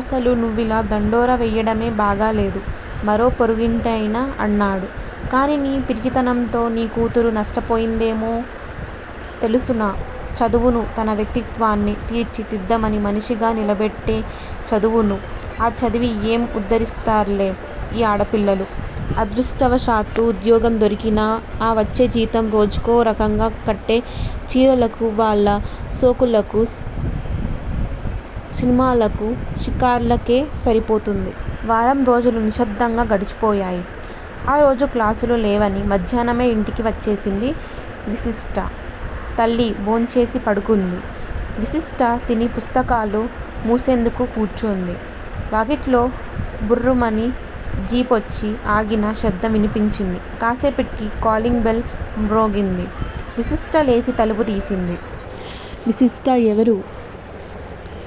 అసలు నువ్విలా దండోరా వేయడమే బాగాలేదు మరో పొరుగింటాయన అన్నాడు. కాని నీ పిరికితనంతో నీ కూతురు నష్టపోయిందేమో తెలుసునా? చదువును, తన వ్యక్తిత్వాన్ని తీర్చి దిద్దమని మనిషిగా నిలబెట్టే చదువును! ఆ చదివి ఏం ఉద్దరిస్తారులే ఈ ఆడపిల్లలు? అదృష్టవ శాత్తు ఉద్యోగం దొరికినా ఆ వచ్చే జీతం రోజుకో రకంగా కట్టే చీరలకూ, వాళ్ల సో కులకూ సినిమాలకు షికార్లకే సరిపోతుంది. వారం రోజులు నిశ్శబ్దంగా గడిచిపోయాయి. ఆ రోజు క్లాసులు లేవని మధ్యాహ్నమే ఇంటికి వచ్చేసింది విశిష్ట. తల్లి భోంచేసి పడుకుంది. విశిష్ట తిని పుస్తకాలు ముసెందుకు కూర్చొంది. వాకిట్లో బుర్రుమని జీపొచ్చి ఆగిన శబ్దం వినిపించింది. కాసేపటికి కాలింగ్ బెల్ మ్రోగింది. విశిష్ట లేచి తలుపు తీసింది. విశిష్ట ఎవరు?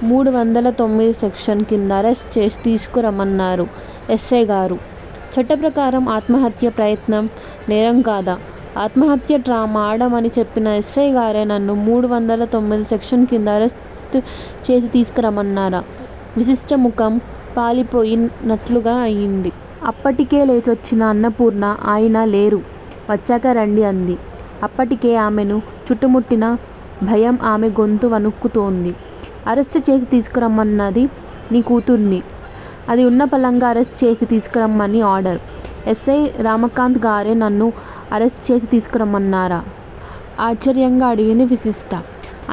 మూడు వందల తొమ్మిది సెక్షన్ కింద అరెస్ట్ చేసి తీసుకురమన్నారు ఎస్సైగారు! చట్ట ప్రకారం ఆత్మహత్యా ప్రయత్నం నేరం కాదా? ఆత్మహత్యా డ్రామా ఆడమని చెప్పిన ఎస్సైగారే నన్ను మూడు వందల తొమ్మిది సెక్షన్ కింద అరెస్ట్ చేసి తీసుకురమ్మన్నారా? విశిష్ట ముఖం పాలిపోయి నట్లుగా అయింది. అప్పటికే లేచొచ్చిన అన్నపూర్ణ ఆయన లేరు! వచ్చాక రండి అంది. అప్పటికే ఆమెను చుట్టుముట్టిన భయం ఆమె గొంతు వణుకుతోంది. అరెస్ట్ చేసి తీసుకురమ్మన్నది నీ కూతుర్ని. అదీ వున్న పళంగా అరెస్ట్ చేసి తీసుకురమ్మని ఆర్డర్. ఎస్సై రమాకాంత్ గారే నన్ను అరెస్ట్ చేసి తీసుకురమ్మన్నారా? ఆశ్చర్యంగా అడిగింది విశిష్ట.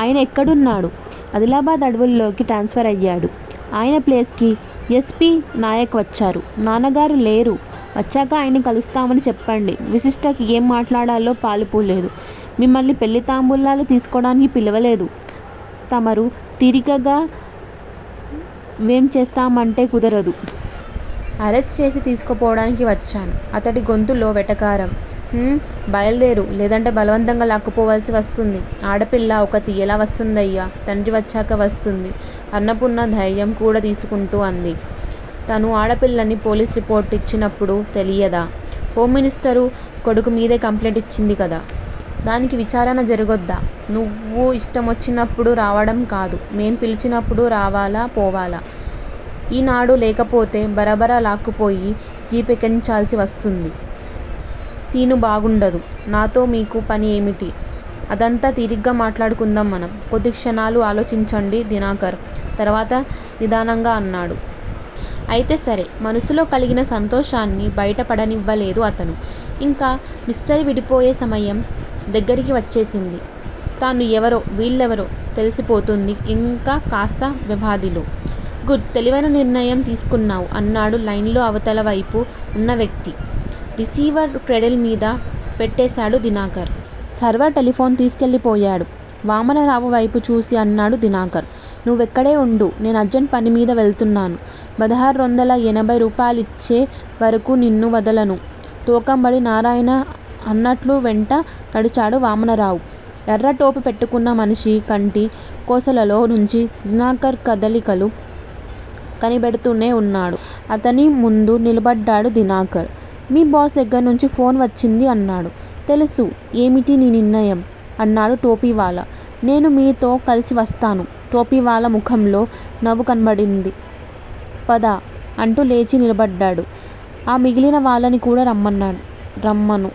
ఆయనెక్కడున్నాడు? అదిలాబాద్ అడవుల్లోకి ట్రాన్స్ ఫర్ అయ్యాడు. ఆయన ప్లేస్ కి ఎస్. పి. నాయక్ వచ్చారు. నాన్నగారు లేరు! వచ్చాక ఆయన్ని కలుస్తామని చెప్పండి విశిష్టకి ఏం మాట్లాడాలో పాలుపోలేదు. మిమ్మల్ని పెళ్ళి తాంబూలాలు తీసుకోడానికి పిలువలేదు. తమరు తీరికగా వేంచేస్తామంటే కుదరదు. అరెస్ట్ చేసి తీసుకుపోవడానికి వచ్చాను. అతడి గొంతులో వెటకారం. ఊ! బయల్దేరు లేదంటే బలవంతంగా లాక్కుపోవాల్సి వస్తుంది. ఆడపిల్ల ఒక్కతీ ఎలా వస్తుందయ్యా? తండ్రి వచ్చాక వస్తుంది అన్నపూర్ణ ధైర్యం కూడదీసుకుంటూ అంది. తను ఆడపిల్లని పోలీసు రిపోర్ట్ యిచ్చినప్పుడు తెలియదా? హోంమినిస్టరు కొడుకు మీదే కంప్లైంట్ ఇచ్చింది కదా? దానికి విచారణ జరగొద్దా? నువ్వు ఇ ష్టమొచ్చినప్పుడు రావడంకాదు. మేం పిలిచినప్పుడు రావాలా పోవాల. ఇనాడు లేకపోతే బరబర లాక్కుపోయి జీపెక్కించాల్సి వస్తుంది. సీను బాగుండదు. నాతో మీకు పని ఏమిటి? అదంతా తీరిగ్గా మాట్లాడుకుందాం మనం! కొద్ది క్షణాలు ఆలోచించండి దినాకర్. తర్వాత నిదానంగా అన్నాడు. అయితే సరే! మనసులో కలిగిన సంతోషాన్ని బయట పడనివ్వలేదు అతను. ఇంక మిస్టరీ విడిపోయే సమయం దగ్గరికి వచ్చేసింది. తను ఎవరో, వీళ్ళెవరో తెలిసిపోతుంది ఇంక కాస్త వ్యవాధిలో. గుడ్! తెలివైన నిర్ణయం తీసుకున్నావ్! అన్నాడు లైన్లో అవతలవైపు ఉన్న వ్యక్తి. రిసీవర్ క్రేడిల్ మీద పెట్టేశాడు దినాకర్. సర్వర్ టెలిఫోన్ తీసుకెళ్ళిపోయాడు. వామనరావు వైపు చూసి అన్నాడు దినాకర్. నువ్విక్కడే వుండు! నేను అర్జెంట్ పనిమీద వెళుతున్నాను. పదహారొందల ఎనభై రూపాయలిచ్చే వరకు నిన్ను వదలను తోకంబడి నారాయణ అన్నట్లు వెంట నడిచాడు వామనరావు. ఎర్రటోపీ పెట్టుకున్న మనిషి కంటి కొసలలో నుంచి దినాకర్ కదలికలు కనిపెడుతూనే వున్నాడు. అతని ముందు నిలబడ్డాడు దినాకర్. మీ బాస్ దగ్గర్నుంచి ఫోన్ వచ్చింది అన్నాడు. తెలుసు ఏమిటి నీ నిర్ణయం? అన్నాడు టోపీ వాలా. నేను మీతో కలిసి వస్తాను. టోపీవాలా ముఖంలో నవ్వు కనబడింది. పద! అంటూ లేచి నిలబడ్డాడు. ఆ మిగిలిన వాళ్ళని కూడా రమ్మన్నాను రమ్మను.